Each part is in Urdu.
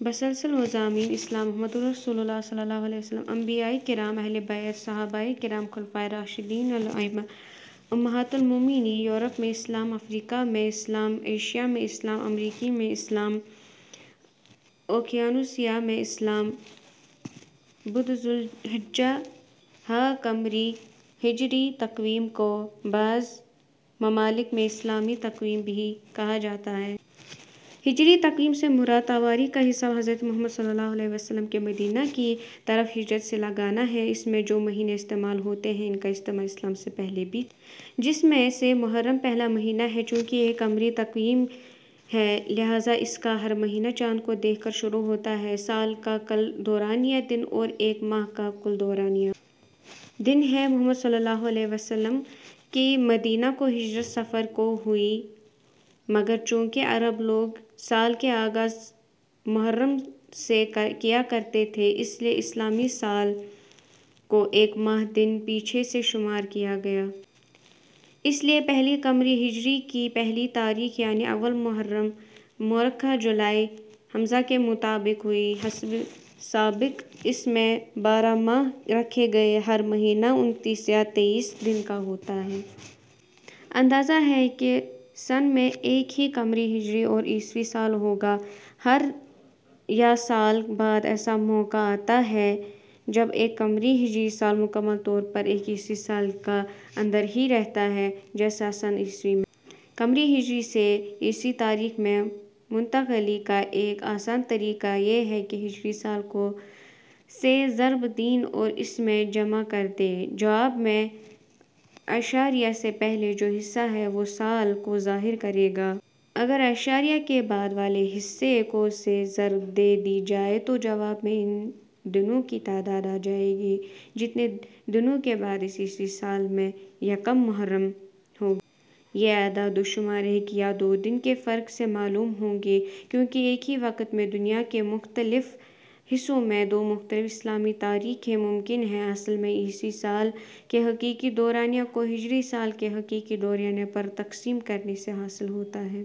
بسلسلہ مضامین: اسلام محمد رسول اللہ انبیائے کرام اہل بیت صحابائے کرام خلفائے راشدین الائمہ امہات المؤمنین یورپ میں اسلام افریقا میں اسلام ایشیا میں اسلام امریکین میں اسلام اوقیانوسیا میں اسلام بدھ ذوالحجہ ھ قمری ہجری تقویم کو بعض ممالک میں اسلامی تقویم بھی کہا جاتا ہے۔ ہجری تقویم سے مراد تواریخ کا حساب حضرت محمد صلی اللہ علیہ و آلہ وسلم کی مدینہ کی طرف ہجرت سے لگانا ہے۔ اس میں جو مہینے استعمال ہوتے ہیں ان کا استعمال اسلام سے پہلے بھی تھا۔ جس میں سے محرم پہلا مہینہ ہے۔ چونکہ ایک قمری تقویم ہے لہذا اس کا ہر مہینہ چاند کو دیکھ کر شروع ہوتا ہے۔ سال کا کل دورانیہ. دن اور ایک ماہ کا کل دورانیہ. دن ہے۔ محمد صلی اللہ علیہ و آلہ وسلم کی مدینہ کو ہجرت صفر کو ہوئی۔ مگر چونکہ عرب لوگ سال کا آغاز محرم سے کیا کرتے تھے اس لیے اسلامی سال کو ایک ماہ دن پیچھے سے شمارکیا گیا۔ اس لیے پہلی قمری ہجری کی پہلی تاریخ یعنی اول محرم مؤرخہ جولائی ء کے مطابق ہوئی۔ حسب سابق اس میں بارہ ماہ رکھے گئے۔ ہر مہینہ انتیس یا تیس دن کا ہوتا ہے۔ اندازہ ہے کہ سن میں ایک ہی قمری ہجری اور عیسوی سال ہوگا۔ ہر یا سال بعد ایسا موقع آتا ہے جب ایک قمری ہجری سال مکمل طور پر ایک عیسوی سال کا اندر ہی رہتا ہے جیسا سن عیسوی میں۔ قمری ہجری سے عیسوی تاریخ میں منتقلی کا ایک آسان طریقہ یہ ہے کہ ہجری سال کو. سے ضرب دیں اور اس میں. جمع کر دیں۔ جواب میں اعشاریہ سے پہلے جو حصہ ہے وہ سال کو ظاہر کرے گا۔ اگر اعشاریہ کے بعد والے حصے کو سے ضرب دے دی جائے تو جواب میں ان دنوں کی تعداد آ جائے گی جتنے دنوں کے بعد اس عیسوی سال میں یکم محرم ہوگی۔ یہ اعداد و شمار ایک یا دو دن کے فرق سے معلوم ہوں گے کیونکہ ایک ہی وقت میں دنیا کے مختلف حصوں میں دو مختلف اسلامی تاریخیں ممکن ہیں۔. اصل میں عیسوی سال کے حقیقی دورانیہ کو ہجری سال کے حقیقی دورانیہ پرتقسیم کرنے سے حاصل ہوتا ہے۔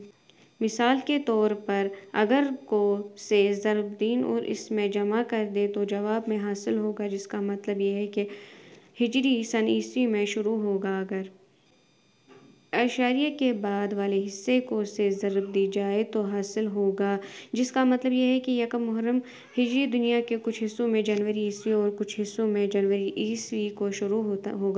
مثال کے طور پر اگر کو. سے ضرب دیں اور اس میں. جمع کر دیں تو جواب میں. حاصل ہوگا جس کا مطلب یہ ہے کہ ہجری سن عیسوی میں شروع ہوگا۔ اگر. کے اعشاریہ کے بعد والے حصے کو سے ضرب دی جائے تو حاصل ہوگا جس کا مطلب یہ ہے کہ یکم محرم ہجری دنیا کے کچھ حصوں میں جنوری عیسوی اور کچھ حصوں میں جنوری عیسوی کو شروع ہوگا۔